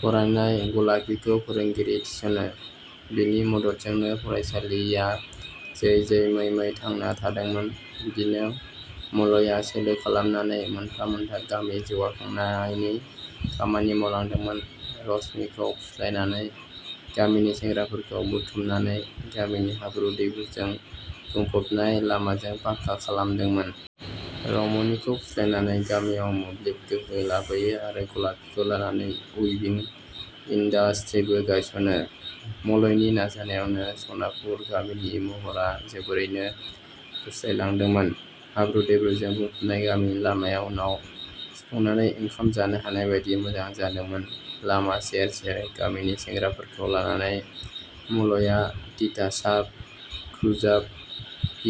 फरायनाय गलापीखौ फोरोंगिरि थिसनो। बिनि मददजोंनो फरायसालिया जै जै मै मै थांना थादोंमोन। बिदिनो मलया सोलो खालामनानै मोनफा मोनफा गामि जौगाखांनायनि खामानि मावलांदोंमोन। रमनिखौ फुस्लायनानै गामिनि सेंग्राफोरखौ बुथुमनानै गामिनि हाब्रु दैब्रुजों बुंफबनाय लामाजों पाका खालामदोंमोन। रमनिखौ फुस्लायनानै गामियाव मोब्लिब गोहो लाबोयो आरो गलापिखौ लानानै उइभिं इन्दास्ट्रिबो गायसनो। मलयनि नाजानायावनो सनापुर गामिनि महरा जोबोरैनो गुस्लायलांदोंमोन। हाब्रु दैब्रुजों बुंफबनाय गामिनि लामाया उनाव सुफुंनानै ओंखाम जानो हानायबादि मोजां जादोंमोन। लामा सेर सेर गामिनि सेंग्राफोरखौ लानानै मलया तितासाप, खुजाब,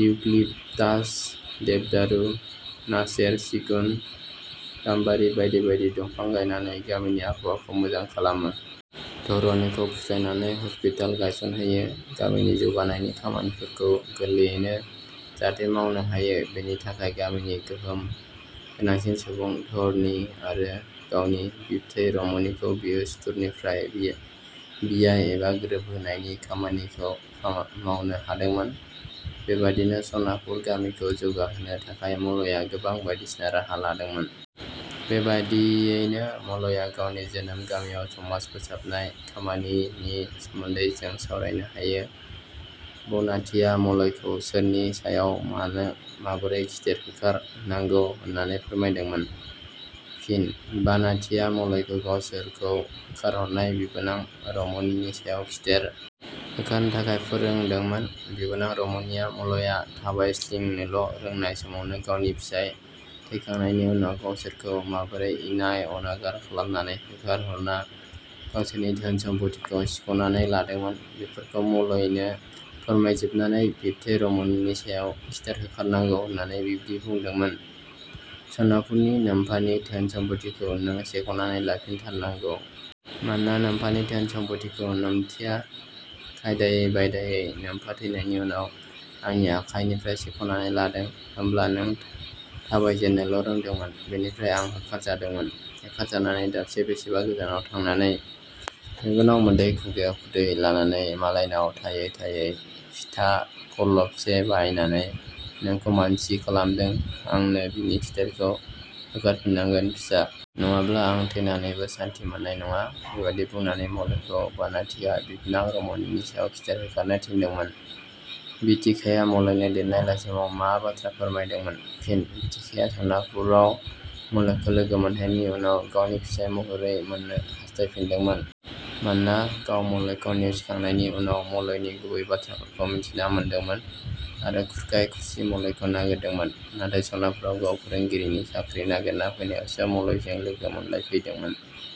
इउक्लिपतास, देबदारू, नासेर, सिगुन, गाम्बारि बायदि बायदि दमफां गायनानै गामिनि आबहावाखौ मोजां खालामो। धरनिखौ फुस्लायनानै हस्पिताल गायसनहोयो। गामिनि जौगानायनि खामानिफोरखौ गोरलैयैनो जाहाथे मावनो हायो बेनि थाखाय गामिनि गोहोम गोनांसिन सुबुं धरनि आरो गावनि बिबथै रमनिखौ बियो सुथुरनिफ्राय बियाय एबा गोरोबलायहोनायनि खामानिबो मावनो हादोंमोन। बेबादिनो सनापुर गामिखौ जौगाहोनो थाखाय मलया गोबां बायदिसिना राहा लादोंमोन। बेबादियैनो मलया गावनि जोनोम गामियाव समाज फोसाबनाय खामानिनि सोमोन्दै जों सावरायनो हायो। बानाथिया मलयखौ सोरनि सायाव मानो माबोरै खिथेर होखार- नांगौ होननानै फोरमायदोंमोन? ' फिनः बानाथिया मलयखौ गावसोरखौ होखारहरनाय बिबोनां रमनिनि सायाव खिथेर होखारनो थाखाय फोरोंदोंमोन बिबोनां रमनिया मलया 'थाबायस्लिंनोल' रोंनाय समावनो गावनि फिसाइ थैखांनायनि उनाव गावसोरखौ माबोरै इनाय अनागार खालामनानै होखारहरना गावसोरनि धोन सम्फथिखौ सिखनानै लादोंमोन बेफोरखौ मलयनो फोरमायजुबनानै बिबथै रमनिनि सायाव खिथेर होखारनांगौ होननानै बिदि बुंदोंमोन- "सनापुरनि नोमफानि धोन सम्फथिखौ नों सेखनानै लाफिनथारनांगौ। मानोना नोम्फानि धोन सम्फथिखौ नोमथिया खायदायै बायदायै नोमफा थैनायनि उनाव आंनि आखाइनिफ्राय सेखनानै लादों। होमब्ला नों थाबायजेननोल' रोंदोंमोन। बेनिफ्राय आं होखारजादोंमोन। होखारजानानै दाबसे 'बेसेबा गोजानाव थांनानै मेगनाव मोदै खुगायाव खुदै लानानै मालायनाव थायै थायै भिथा खरलबसे बायनानै नोंखौ मानसि खालामदों आंनों बिनि खिथेरखौ होखारफिननांगोन फिसा। नङाब्ला आं थैनानैबो सान्थि मोननाय नङा। " बेबादि बुंनानै मलयखौ बानाथिया बिबनां रमनिनि सायाव खिथेर होखारनो थिनदोंमोन। बिथिकाया मलयनो लिरनाय लाइजामाव मा बाथ्रा फोरमाय- दोंमोन? फिन: बिथिकाया सनापुराव मलयखौ लोगो मोनहैनायनि उनाव गावनि फिसाइ महरै मोननो हास्थायफिनदोंमोन। मानोना गाव मलयखौ नेवसिखांनायनि उनाव मलयनि गुबै बाथ्राफोरखौ मिथिना मोनदोंमोन आरो खुरखाय खुरसि मलयखौ नागिरदोंमोन नाथाय सनापुराव गाव फोरोंगिरिनि साख्रि नागिरना फैनायावसो मलयजों लोगो मोनलायफैदोंमोन।।